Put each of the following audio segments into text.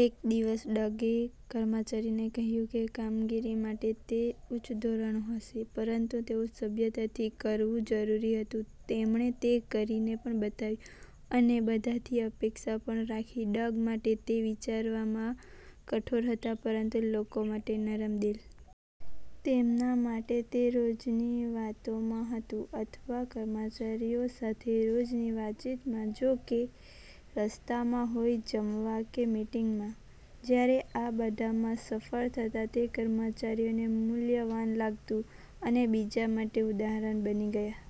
એક દિવસ ડગે કર્મચારીને કહ્યું કે કામગીરી માટે તે ઉચ્ચ ધોરણ હશે, પરંતુ તેઓ સભ્યતાથી કરવું જરૂરી હતું. તેમણે તે કરીને પણ બતાવ્યુ અને બધાથી અપેક્ષા પણ રાખી. ડગ માટે તે વિચારવામાં કઠોર હતા પરંતુ લોકો માટે નરમ દિલ. તેમના માટે તે રોજની વાતોમાં હતું, અથવા કર્મચારીઓ સાથે રોજની વાતચીતમાં, જો કે રસ્તામાં હોય જમવા, કે મિટિંગમાં. જયારે આ બધામાં સફળ થતાં, તે કર્મચારીઓને મૂલ્યવાન લાગતું. અને બીજા માટે ઉદાહરણ બની ગયા.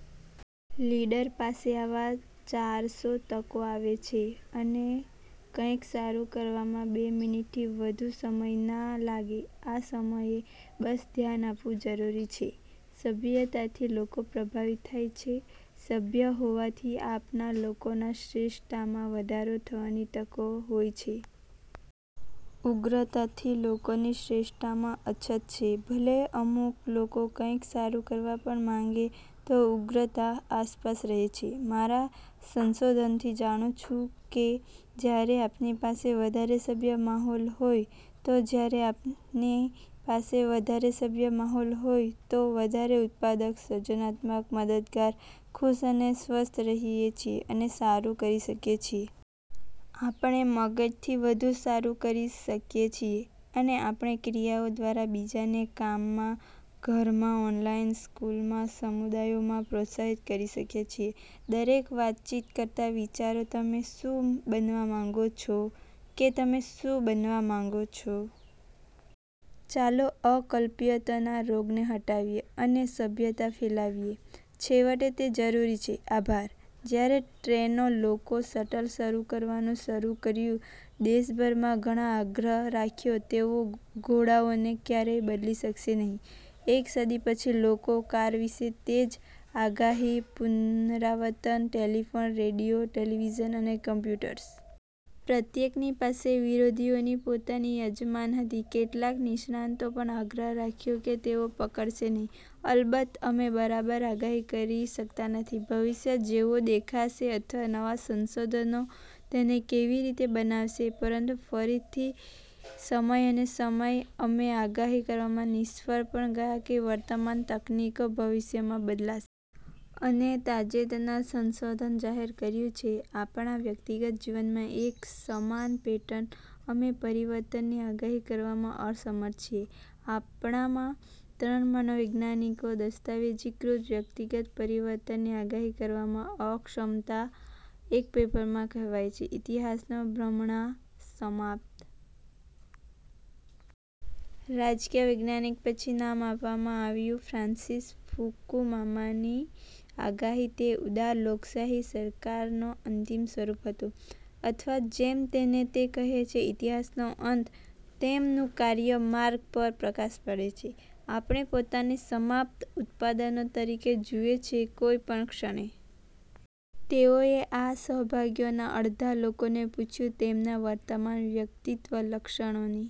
લીડર પાસે આવા ચારસો તકો આવે છે. અને કંઈક સારું કરવામાં બે મિનિટથી વધુ સમય ના લાગે. આ સમયે બસ ધ્યાન આપવુ જરૂરી છે. સભ્યતા થી લોકો પ્રભાવિત થાય છે. સભ્ય હોવાથી આપના લોકોના શ્રેષ્ઠતામાં વધારો થવાની તકો હોય છે. ઉગ્રતાથી લોકોની શ્રેષ્ઠતામાં અછત છે. ભલે અમુક લોકો કંઈક સારું કરવા પણ માંગે, તો ઉગ્રતા આસપાસ રહે છે. મારા સંશોધનથી જાણું છે કે જ્યારે આપની પાસે વધારે સભ્ય માહોલ હોય, તો જ્યારે આપનીપાસે વધારે સભ્ય માહોલ હોય, તો વધારે ઉત્પાદક, સર્જનાત્મક, મદદગાર, ખુશ અને સ્વસ્થ રહીએ છીએ, અને સારું કરી શકીએ છીએ. આપણે મગજથી વધુ સારું કરી શકીએ છીએ. અને આપણે ક્રિયાઓ દ્વારા બીજાને કામમાં, ધરમાં, ઓનલાઈન, સ્કૂલમાં, સમુદાયોમાં પ્રોત્સાહિત કરી શકીએ છીએ. દરેક વાતચીત કરતાં, વિચારો: તમે શું બનવા માંગો છો? કે તમે શું બનવા માંગો છો? ચાલો, અકલ્પ્યતના રોગને હટાવીએ, અને સભ્યતા ફેલાવીએ. છેવટે, તે જરૂરી છે. આભાર. જ્યારે ટ્રેનો લોકો શટલ શરૂ કરવાનું શરૂ કર્યું દેશભરમાં, ઘણા આગ્રહ રાખ્યો તેઓ ઘોડાઓને ક્યારેય બદલી શકશે નહીં. એક સદી પછી, લોકો કાર વિશે તે જ આગાહી પુનરાવર્તન, ટેલિફોન, રેડિયો, ટેલિવિઝન, અને કમ્પ્યુટર્સ. પ્રત્યેકની પાસે વિરોધીઓની પોતાની યજમાન હતી. કેટલાક નિષ્ણાતો પણ આગ્રહ રાખ્યો કે તેઓ પકડશે નહીં. અલબત્ત, અમે બરાબર આગાહી કરી શકતા નથી ભવિષ્ય જેવો દેખાશે અથવા નવા સંશોધનો તેને કેવી રીતે બનાવશે. પરંતુ ફરીથી સમય અને સમય, અમે આગાહી કરવામાં નિષ્ફળ પણ ગયા કે વર્તમાન તકનીકો ભવિષ્યમાં બદલાશે. અને તાજેતરના સંશોધન જાહેર કર્યું છે આપણા વ્યક્તિગત જીવનમાં એક સમાન પેટર્ન: અમે પરિવર્તનની આગાહી કરવામાં અસમર્થ છીએ આપણામાં ત્રણ મનોવૈજ્ઞાનિકો દસ્તાવેજીકૃત વ્યક્તિગત પરિવર્તનની આગાહી કરવામાં અક્ષમતા એક પેપરમાં કહેવાય છે, "ઇતિહાસનો ભ્રમણા સમાપ્ત. " રાજકીય વૈજ્ઞાનિક પછી નામ આપવામાં આવ્યું ફ્રાન્સિસ ફુકુમામાની આગાહી તે ઉદાર લોકશાહી સરકારનો અંતિમ સ્વરૂપ હતો, અથવા જેમ તેને તે કહે છે, "ઇતિહાસનો અંત," તેમનું કાર્ય માર્ગ પર પ્રકાશ પાડે છે આપણે પોતાને સમાપ્ત ઉત્પાદનો તરીકે જુએ છે કોઈ પણ ક્ષણે. તેઓએ આ સહભાગીઓના અડધા લોકોને પૂછ્યું તેમના વર્તમાન વ્યક્તિત્વ લક્ષણોની